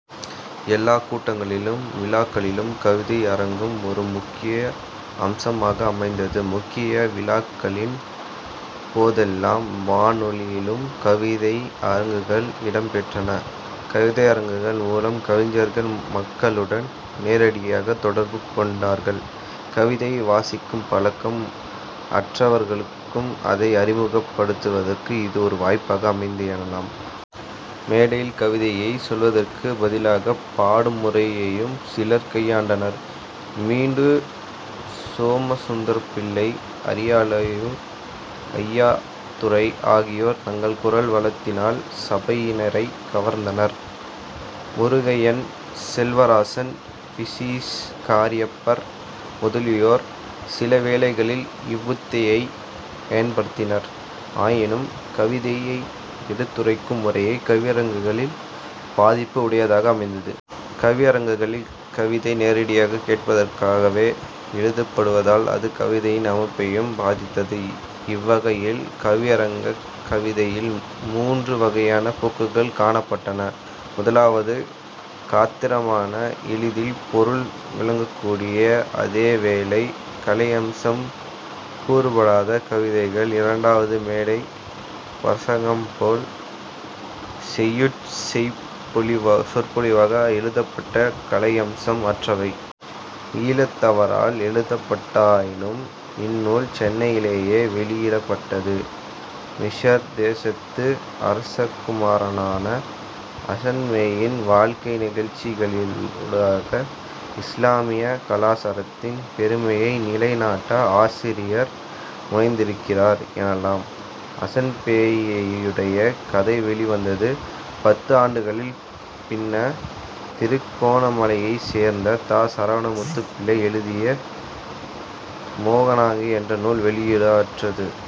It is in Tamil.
எல்லாக் கூட்டங்களிலும் விழாக்களிலும் கவிதை அரங்கும் ஒரு முக்கிய அம்சமாக அமைந்தது. முக்கிய விழாக்களின் போதெல்லாம் வானொலியிலும் கவிதை அரங்குகள் இடம்பெற்றன. கவிதையரங்குகள் மூலம் கவிஞர்கள் மக்களுடன் நேரடியாகத் தொடர்பு கொண்டார்கள். கவிதையை வாசிக்கும் பழக்கம் அற்றவர்களுக்கும் அதை அறிமுகப் படுத்துவதற்கு இது ஒரு வாய்ப்பாக அமைந்தது எனலாம். மேடையில் கவிதையைச் சொல்வதற்குப் பதிலாக பாடும் முறையையும் சிலர் கையாண்டனர். மண்டூர் சோமசுந்தரம்பிள்ளை, அரியாலையூர் ஐயாத்துரை ஆகியோர் தங்கள் குரல் வளத்தினால் சபையினரைக் கவர்ந்தனர். முருகையன், செல்வராசன், பஸீஸ் காரியப்பர் முதலியோரும் சிலவேளைகளில் இவ்வுத்தியைப் பயன்படுத்தினர். ஆயினும் கவிதையை எடுத்துரைக்கும் முறையே கவியரங்குகளில் பாதிப்பு உடையதாக அமைந்தது. கவியரங்குகளில் கவிதை நேரடியாகக் கேட்பதற்காகவே எழுதப்படுவதால் அது கவிதையின் அமைப்பையும் பாதித்தது. இவ்வகையில் கவியரங்கக் கவிதையில் மூன்று வகையான போக்குகள் காணப்பட்டன. முதலாவது காத்திரமான எளிதில் பொருள் விளங்கக்கூடிய அதேவேளை கலையம்சம் ஊறுபடாத கவிதைகள். இரண்டாவது மேடைப் பிரசங்கம்போல் செய்யுட் சொற்பொழிவாக எழுதப்பட்ட கலையம்சம் அற்றவை. ஈழத்தவரால் எழுதப்பட்டதாயினும் இந்நூல் சென்னையிலேயே வௌயிடப்பட்டது. மிஸர் தேசத்து அரசகுமாரனான அஸன்பேயின் வாழ்க்கை நிகழ்ச்சிகளினூடாக இஸ்லாமிய கலாசாரத்தின் பெருமையை நிலைநாட்ட ஆசிரியர் முனைந்திருக்கிறார் எனலாம். அஸன்பேயுடைய கதை வௌிவந்து பத்து ஆண்டுகளின் பின்ன திருகோணமலையைச் சேர்ந்த த. சரவணமுத்துப்பிள்ளை எழுதிய மோகனாங்கி என்ற நூல் வௌியாயிற்று.